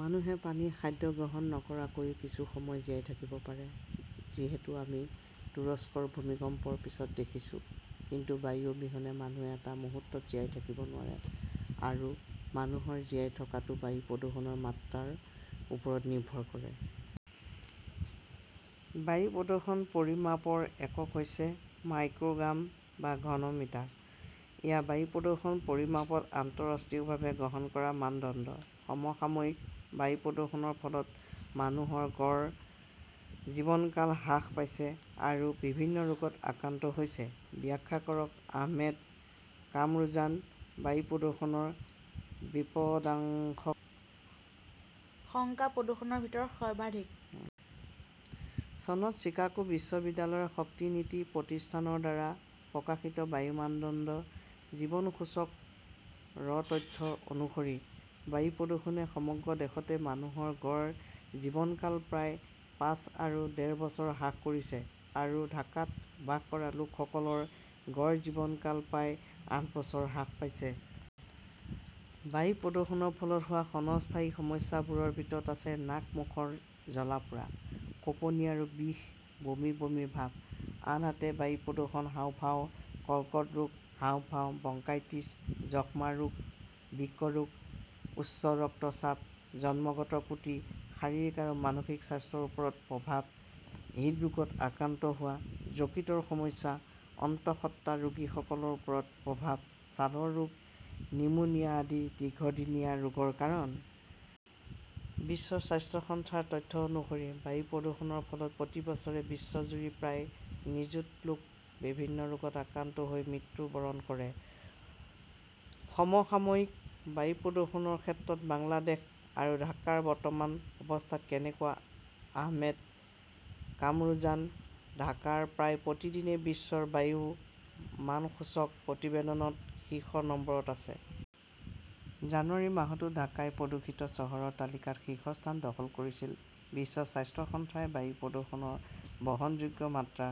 মানুহে পানী-খাদ্য গ্ৰহণ নকৰাকৈও কিছু সময় জীয়াই থাকিব পাৰে। যিহেতু আমি তুৰস্কৰ ভূমিকম্পৰ পিছত দেখিছো। কিন্তু বায়ু অবিহনে মানুহে এটা মুহূৰ্ত জীয়াই থাকিব নোৱাৰে। আৰু মানুহৰ জীয়াই থকাটো বায়ু প্ৰদূষণৰ মাত্ৰাৰ ওপৰত নিৰ্ভৰ কৰে। বায়ু প্ৰদূষণ পৰিমাপৰ একক হৈছে মাইক্ৰ গ্ৰাম বা ঘন মিটাৰ। এয়া বায়ু প্ৰদূষণ পৰিমাপত আন্তঃৰাষ্ট্ৰীয়ভাৱে গ্ৰহণ কৰা মানদণ্ড। সমসাময়িকঃ বায়ু প্ৰদূষণৰ ফলত মানুহৰ গড় জীৱনকাল হ্ৰাস পাইছে আৰু বিভিন্ন ৰোগত আক্ৰান্ত হৈছে-ব্যাখ্যা কৰক আহমেদ কামৰুজানঃ বায়ু প্ৰদূষণৰ বিপদাশংকা প্ৰদূষণৰ ভিতৰত সৰ্বাধিক। চনত চিকাগো বিশ্ববিদ্যালয়ৰ শক্তি নীতি প্ৰতিষ্ঠানৰ দ্বাৰা প্ৰকাশিত বায়ু মানদণ্ড জীৱন সূচক ৰ তথ্য অনুসৰি, বায়ু প্ৰদূষণে সমগ্ৰ দেশতে মানুহৰ গড় জীৱনকাল প্ৰায় পাঁচ আৰু ডেৰ বছৰ হ্ৰাস কৰিছে আৰু ঢাকাত বাস কৰা লোকসকলৰ গড় জীৱনকাল প্ৰায় আঠ বছৰ হ্ৰাস পাইছে। বায়ু প্ৰদূষণৰ ফলত হোৱা ক্ষণস্থায়ী সমস্যাবোৰৰ ভিতৰত আছে নাক মুখৰ জ্বলা পোৰা, কঁপনি আৰু বিষ, বমি বমি ভাব। আনহাতে, বায়ু প্ৰদূষণ হাঁওফাঁওৰ কৰ্কট ৰোগ, হাঁওফাঁও, ব্ৰংকাইটিছ, যক্ষ্মা ৰোগ, বৃক্ক ৰোগ, উচ্চ ৰক্তচাপ, জন্মগত ত্ৰুটি, শাৰীৰিক আৰু মানসিক স্বাস্থ্যৰ ওপৰত প্ৰভাৱ, হৃদৰোগত আক্ৰান্ত হোৱা, যকৃতৰ সমস্যা, অন্তঃসত্ত্বাৰোগীসকলৰ ওপৰত প্ৰভাৱ, ছালৰ ৰোগ, নিউমোনিয়া আদি দীৰ্ঘদিনীয়া ৰোগৰ কাৰণ। বিশ্ব স্বাস্থ্য সংস্থাৰ তথ্য অনুসৰি, বায়ু প্ৰদূষণৰ ফলত প্ৰতি বছৰে বিশ্বজুৰি প্ৰায় নিযুত লোক বিভিন্ন ৰোগত আক্ৰান্ত হৈ মৃত্যুবৰণ কৰে। সমসাময়িকঃ বায়ু প্ৰদূষণৰ ক্ষেত্ৰত বাংলাদেশ আৰু ঢাকাৰ বৰ্তমান অৱস্থাত কেনেকুৱা আহমেদ কামৰুজানঃ ঢাকাৰ প্ৰায় প্ৰতিদিনে বিশ্বৰ বায়ু মান সূচক প্ৰতিবেদনত শীৰ্ষ নম্বৰত আছে। জানুৱাৰী মাহতো ঢাকাই প্ৰদূষিত চহৰৰ তালিকাত শীৰ্ষস্থান দখল কৰিছিল। বিশ্ব স্বাস্থ্য সংস্থাই বায়ু প্ৰদূষণৰ বহনযোগ্য মাত্ৰা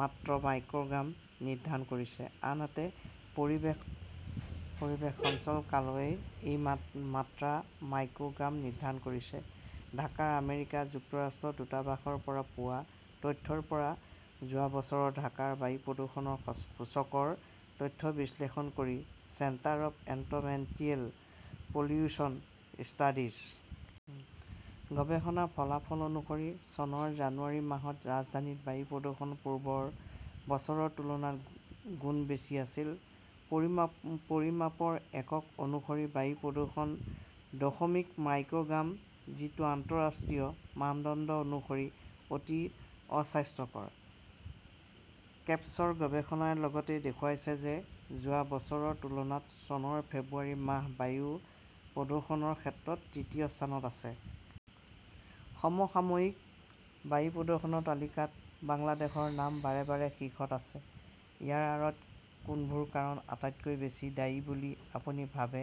মাত্ৰ মাইক্ৰ গ্ৰাম নিৰ্ধাৰণ কৰিছে। আনহাতে পৰিৱেশ পৰিৱেশ সঞ্চালকালয়ই এই মাত্ৰা মাইক্ৰ গ্ৰাম নিৰ্ধাৰণ কৰিছে। ঢাকাৰ আমেৰিকা যুক্তৰাষ্ট্ৰৰ দূতাবাসৰ পৰা পোৱা তথ্যৰ পৰা যোৱা বছৰৰ ঢাকাৰ বায়ু প্ৰদূষণ সূচকৰ তথ্য বিশ্লেষণ কৰি 'centre of environmental pollution studies. গৱেষণাৰ ফলাফল অনুসৰি, চনৰ জানুৱাৰী মাহত ৰাজধানীত বায়ু প্ৰদূষণ পূৰ্বৰ বছৰৰ তুলনাত গুণ বেছি আছিল। পৰিমাপ পৰিমাপৰ একক অনুসৰি বায়ু প্ৰদূষণ দশমিক মাইক্ৰ গ্ৰাম, যিটো আন্তঃৰাষ্ট্ৰীয় মানদণ্ড অনুসৰি অতি অস্বাস্থ্যকৰ। কেপছৰ গৱেষণাই লগতে দেখুৱাইছে যে যোৱা বছৰৰ তুলনাত চনৰ ফেব্ৰুৱাৰী মাহ বায়ু প্ৰদূষণৰ ক্ষেত্ৰত তৃতীয় স্থানত আছে। সমসাময়িকঃ বায়ু প্ৰদূষণৰ তালিকাত বাংলাদেশৰ নাম বাৰে বাৰে শীৰ্ষত আছে। ইয়াৰ আঁৰত কোনবোৰ কাৰণ আটাইতকৈ বেছি দায়ী বুলি আপুনি ভাবে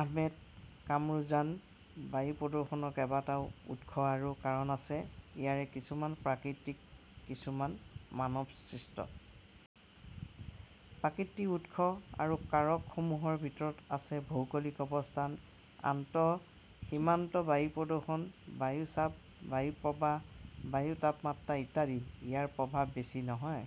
আহমেদ কামৰুজানঃ বায়ু প্ৰদূষণৰ কেইবাটাও উৎস আৰু কাৰণ আছে। ইয়াৰে কিছুমান প্ৰাকৃতিক, কিছুমান মানৱসৃষ্ট। প্ৰাকৃতিক উৎস আৰু কাৰকসমূহৰ ভিতৰত আছে ভৌগোলিক অৱস্থান, আন্তঃসীমান্ত বায়ু প্ৰদূষণ, বায়ু চাপ, বায়ু প্ৰবাহ, বায়ুৰ তাপমাত্ৰা ইত্যাদি। ইয়াৰ প্ৰভাৱ বেছি নহয়।